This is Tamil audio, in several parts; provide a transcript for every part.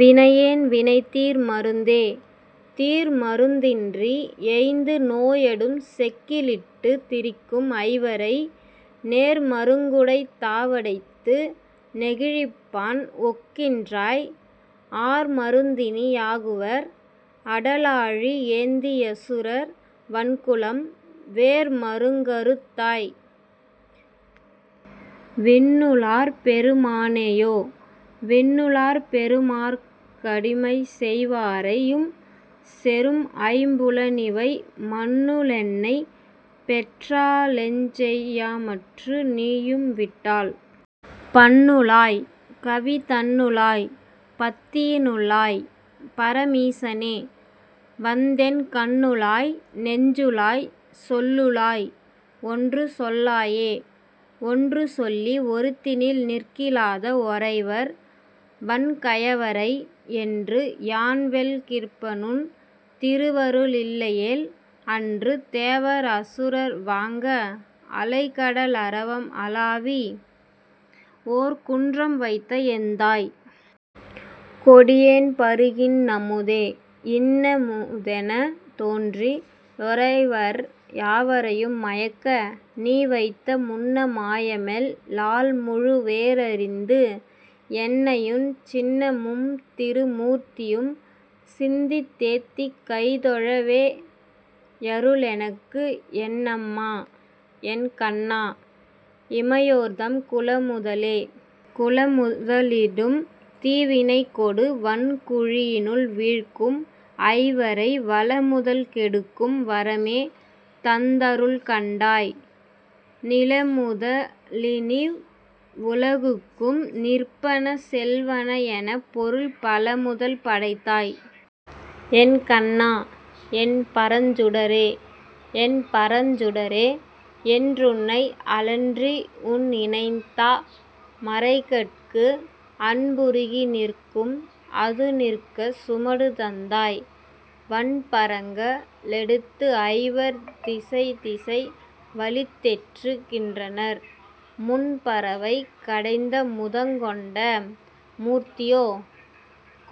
வினையேன் வினைதீர் மருந்தே..। தீர்மருந் தின்றி யைந்து நோயடும் செக்கி லிட்டுத் திரிக்கும் ஐவரை, நேர்ம ருங்குடைத் தாவடைத்து நெகிழிப்பான் ஒக்கின்றாய், ஆர்ம ருந்தினி யாகுவர்? அடலாழி யேந்தி யசுரர் வன்குலம், வேர்ம ருங்கறுத் தாய். விண்ணு ளார்பெரு மானேயோ.. விண்ணு ளார்பெரு மாற்க டிமைசெய் வாரை யும்செறும் ஐம்பு லனிவை, மண்ணு ளென்னைப் பெற்றா லெஞ்செய் யாமற்று நீயும்விட்டால்? பண்ணு ளாய். கவி தன்னு ளாய். பத்தியினுள் ளாய். பர மீசனே, வந்தென் கண்ணுளாய். நெஞ்சுளாய். சொல்லுளாய். ஒன்று சொல்லாயே.. ஒன்று சொல்லி ஒருத்தினில் நிற்கிலாத ஒரைவர் வன்கயவரை, என்று யான்வெல் கிற்பனுன் திருவரு ளில்லையேல்?, அன்று தேவர் அசுரர் வாங்க அலைகட லரவம் அளாவி, ஓர் குன்றம் வைத்த எந்தாய். கொடியேன் பருகின் னமுதே.. இன்ன முதெனத் தோன்றி யோரைவர் யாவரையும் மயக்க, நீவைத்த முன்ன மாயமெல் லால்முழு வேரரிந்து, என்னையுன் சின்ன மும்திரு மூர்த்தியும் சிந்தித் தேத்திக் கைதொழ வேயரு ளெனக்கு, என்னம் மா. என் கண்ணா. இமையோர்தம் குலமுதலே.. குலமுத லிடும்தீ வினைக்கொடு வன்குழியினில் வீழ்க்கும் ஐவரை வலமுதல் கெடுக்கும் வரமே தந்தருள் கண்டாய், நிலமுத லினீவ் வுலகுக்கும் நிற்பன செல்வன என, பொருள் பலமுதல் படைத்தாய். என் கண்ணா. என் பரஞ்சுடரே.. என்பரஞ் சுடரே. என்றுன்னை அலற்றியுன் இணைத்தா மரைகட்கு, அன்புருகி நிற்கும் அதுநிற்கச் சுமடு தந்தாய், வன்பரங்க ளெடுத்துஐவர் திசைதிசை வலித்தெற்று கின்றனர் முன்பரவை கடைந்தமுதங் கொண்ட மூர்த்தியோ.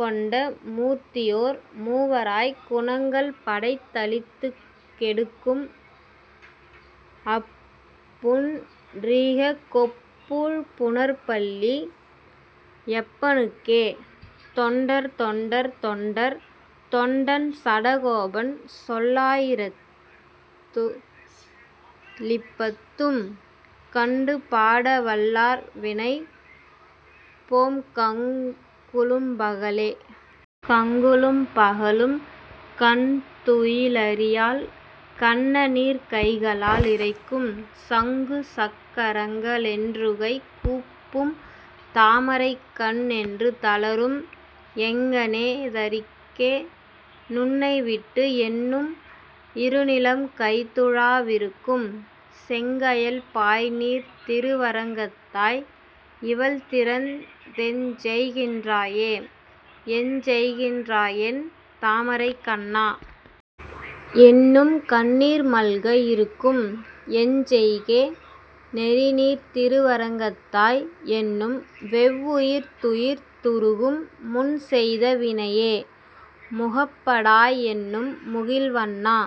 கொண்ட மூர்த்தியோர் மூவராய்க் குணங்கள் படைத்தளித் துக்கெடுக் கும், அப் புண்ட ரீகப்கொப் பூழ்ப்புனற் பள்ளி யப்பனுக்கே, தொண்டர் தொண்டர் தொண்டர் தொண்டன் சடகோபன் சொல்லா யிரத்து ளிப்பத்தும், கண்டு பாடவல் லார்வினை போம்கங்கு லும்பகலே. கங்குலும் பகலும் கண் துயி லறியாள் கண்ணநீர் கைகளால் இறைக்கும், சங்குசக் கரங்க ளென்றுகை கூப்பும் தாமரைக் கண் என்று தளரும், எங்ஙனே தரிக்கே னுன்னைவிட்டு என்னும் இருநிலம் கைதுழா விருக்கும், செங்கயல் பாய்நீர்த் திருவரங் கத்தாய். இவள்திறத் தெஞ்செய்கின் றாயே?. எஞ்செய்கின் றாயென் தாமரைக் கண்ணா. என்னும்கண் ணீர்மல்க இருக்கும், எஞ்செய்கே னெறிநீர்த் திருவரங் கத்தாய்? என்னும்வெவ் வுயிர்த்துயிர்த் துருகும் முன்செய்த வினையே. முகப்படாய் என்னும் முகில்வண்ணா.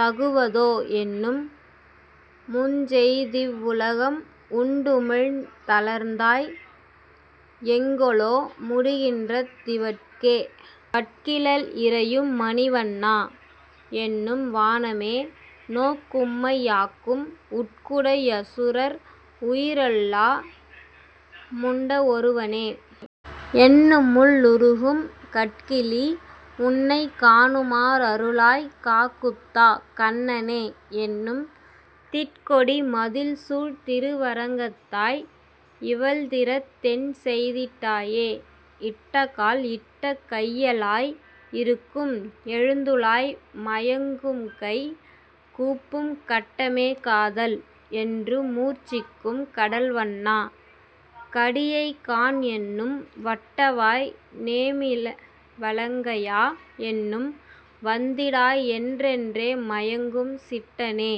தகுவதோ? என்னும், முஞ்செய்திவ் வுலகம் உண்டுமிழந் தளந்தாய். எங்கொலோ முடிகின்ற திவட்கே?. வட்கிலள் இறையும் மணிவண்ணா. என்னும் வானமே நோக்கும்மை யாக்கும், உட்குடை யசுரர் உயிரெல்லா முண்ட ஒருவனே. என்னுமுள் ளுருகும், கட்கிலீ. உன்னைக் காணுமா றருளாய் காகுத்தா. கண்ணனே. என்னும், திட்கொடி மதிள்சூழ் திருவரங்கத்தாய். இவள்திறத் தென்செய்திட் டாயே?. இட்டகால் இட்ட கையளாய் இருக்கும் எழுந்துலாய் மயங்கும்கை கூப்பும், கட்டமே காதல். என்றுமூர்ச் சிக்கும் கடல்வண்ணா. கடியைகாண் என்னும், வட்டவாய் நேமி வலங்கையா. என்னும் வந்திடாய் என்றென்றே மயங்கும், சிட்டனே.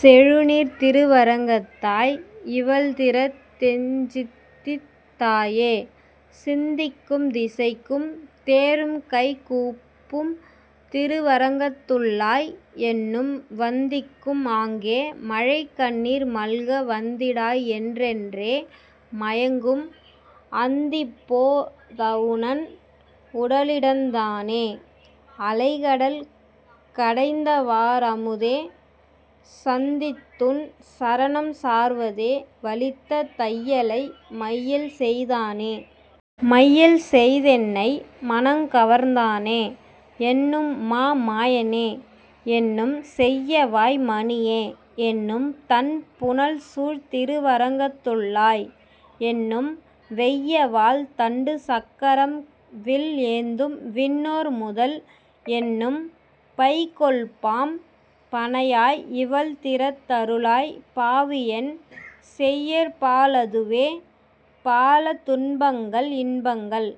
செழுநீர்த் திருவரங் கத்தாய். இவள்திறத் தெஞ்சிந்தித் தாயே?. சிந்திக்கும் திசைக்கும் தேறும்கை கூப்பும் திருவரங் கத்துள்ளாய். என்னும் வந்திக்கும், ஆங்கே மழைக்கண்ணீர் மல்க வந்திடாய் என்றென்றே மயங்கும், அந்திப்போ தவுணன் உடலிடந் தானே. அலைகடல் கடைந்தவா ரமுதே, சந்தித்துன் சரணம் சார்வதே வலித்த தையலை மையல்செய் தானே.. மையல்செய் தென்னை மனம்கவர்ந் தானே. என்னும் மா மாயனே. என்னும், செய்யவாய் மணியே. என்னும் தண் புனல்சூழ் திருவரங் கத்துள்ளாய். என்னும், வெய்யவாள் தண்டு சங்குசக் கரம்வில் ஏந்தும்விண் ணோர்முதல். என்னும், பைகொள்பாம் பணையாய். இவள்திறத் தருளாய் பாவியேன் செய்யற்பா லதுவே.. பாலதுன் பங்கள் இன்பங்கள்